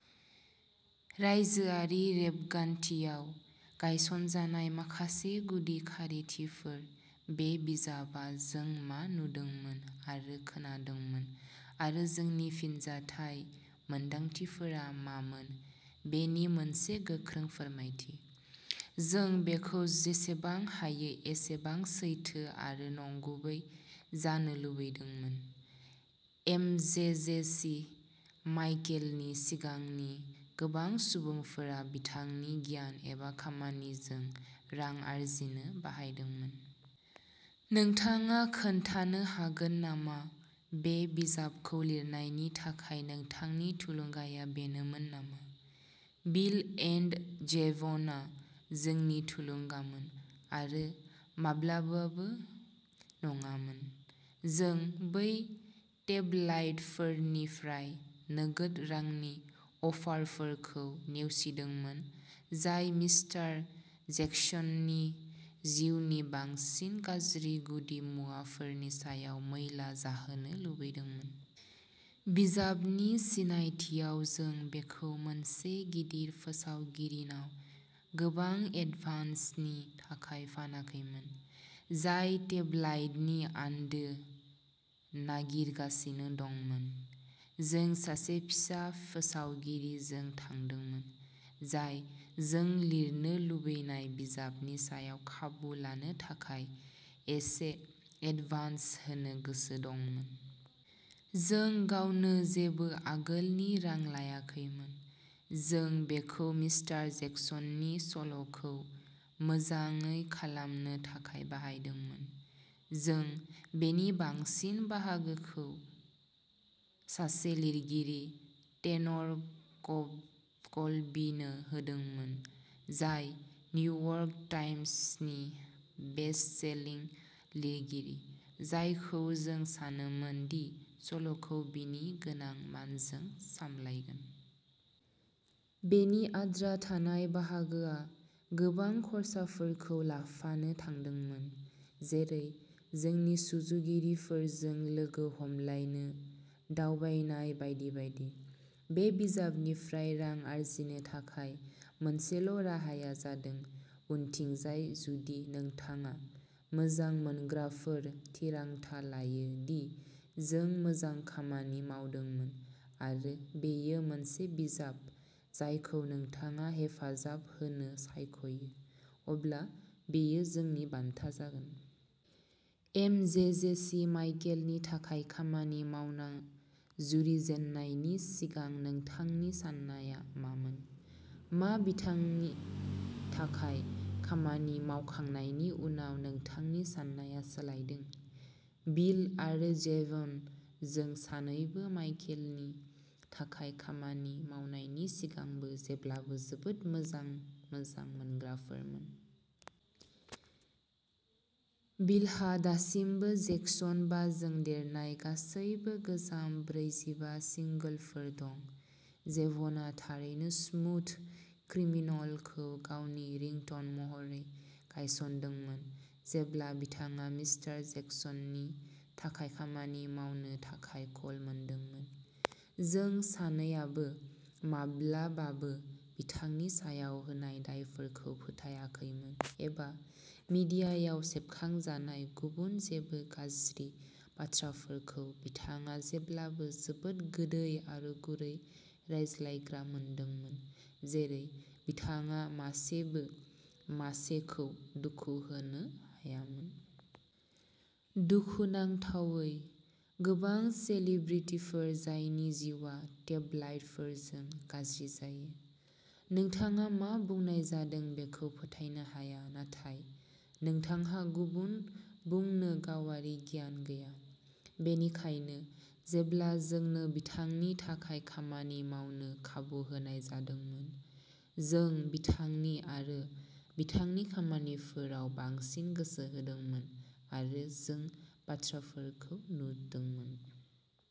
रायजोआरि रेबगान्थियाव गायसनजानाय माखासे गुदि खारिथिफोर बे बिजाबआ जों मा नुदोंमोन आरो खोनादोंमोन आरो जोंनि फिनजाथाय मोनदांथिफोरा मामोन बेनि मोनसे गोख्रों फोरमायथि। जों बेखौ जेसेबां हायो एसेबां सैथो आरो नंगुबै जानो लुबैदोंमोन। एमजेजेसि माइकेलनि सिगांनि गोबां सुबुंफोरा बिथांनि गियान एबा खामानिजों रां आर्जिनो बाहायदोंमोन। नोंथाङा खोन्थानो हागोन नामा बे बिजाबखौ लिरनायनि थाखाय नोंथांनि थुलुंगाया बेनोमोन नामा? बिल एन्ड जेभनआ जोंनि थुलुंगामोन आरो माब्लाबाबो नङामोन। जों बै टेबलाइडफोरनिफ्राय नोगोद रांनि अफारफोरखौ नेवसिदोंमोन जाय मिस्टार जेक्सननि जिउनि बांसिन गाज्रि गुदि मुवाफोरनि सायाव मैला जाहोनो लुबैदोंमोन। बिजाबनि सिनायथिआव जों बेखौ मोनसे गिदिर फोसावगिरिनाव गोबां एडभान्सनि थाखाय फानाखैमोन, जाय टेबलाइडनि आन्दो नागिरगासिनो दंमोन। जों सासे फिसा फोसावगिरिजों थांदोंमोन, जाय जों लिरनो लुबैनाय बिजाबनि सायाव खाबु लानो थाखाय एसे एडभान्स होनो गोसो दंमोन। जों गावनो जेबो आगोलनि रां लायाखैमोन। जों बेखौ मिस्टार जेक्सननि सल'खौ मोजाङै खालामनो थाखाय बाहायदोंमोन। जों बेनि बांसिन बाहागोखौ सासे लिरगिरि, टेनर कल्बीनो होदोंमोन, जाय निउयर्क टाइम्सनि बेस्टसेलिं लिरगिरि, जायखौ जों सानोमोन दि सल'खौ बिनि गोनां मानजों सामलायगोन। बेनि आद्रा थानाय बाहागोआ गोबां खर्साफोरखौ लाफानो थांदोंमोन, जेरै जोंनि सुजुगिरिफोरजों लोगो हमलायनो दावबायनाय बायदि बायदि। बे बिजाबनिफ्राय रां आर्जिनो थाखाय मोनसेल' राहाया जादों उनथिंजाय जुदि नोंथाङा, मोजां मोनग्राफोर, थिरांथा लायो दि जों मोजां खामानि मावदोंमोन आरो बेयो मोनसे बिजाब जायखौ नोंथाङा हेफाजाब होनो सायख'यो, अब्ला बेयो जोंनि बान्था जागोन। एमजेजेसी माइकेलनि थाखाय खामानि मावनो जुरिजेननायनि सिगां नोंथांनि साननायआ मामोन? मा बिथांनि थाखाय खामानि मावखांनायनि उनाव नोंथांनि साननाया सोलायदों? बिल आरो जेभन जों सानैबो माइकेलनि थाखाय खामानि मावनायनि सिगांबो जेब्लाबो जोबोद मोजां मोजां मोनग्राफोरमोन। बिलहा दासिमबो जेक्सन बाजों देरनाय गासैबो गोजाम ब्रैजिबा सिंगोलफोर दं। जेभ'नआ थारैनो स्मुथ क्रिमिनल खौ गावनि रिंटन महरै गायसनदोंमोन जेब्ला बिथाङा मिस्टार जेक्सननि थाखाय खामानि मावनो थाखाय कल मोनदोंमोन। जों सानैआबो माब्लाबाबो बिथांनि सायाव होनाय दायफोरखौ फोथायाखैमोन एबा मिडियायाव सेबखांजानाय गुबुन जेबो गाज्रि बाथ्राफोरखौ बिथाङा जेब्लाबो जोबोद गोदै आरो गुरै रायज्लायग्रा मोनदोंमोन, जेरै बिथाङा मासेबो मासेखौ दुखु होनो हायामोन। दुखुनांथावै, गोबां सेलिब्रिटिफोर जायनि जिउआ टेबलाइडफोरजों गाज्रि जायो, नोंथाङा मा बुंनाय जादों बेखौ फोथायनो हाया नाथाय नोंथांहा गुबुन बुंनो गावारि गियान गैया। बेनिखायनो जेब्ला जोंनो बिथांनि थाखाय खामानि मावनो खाबु होनाय जादोंमोन, जों बिथांनि आरो बिथांनि खामानिफोराव बांसिन गोसो होदोंमोन आरो जों बाथ्राफोरखौ नुदोंमोन।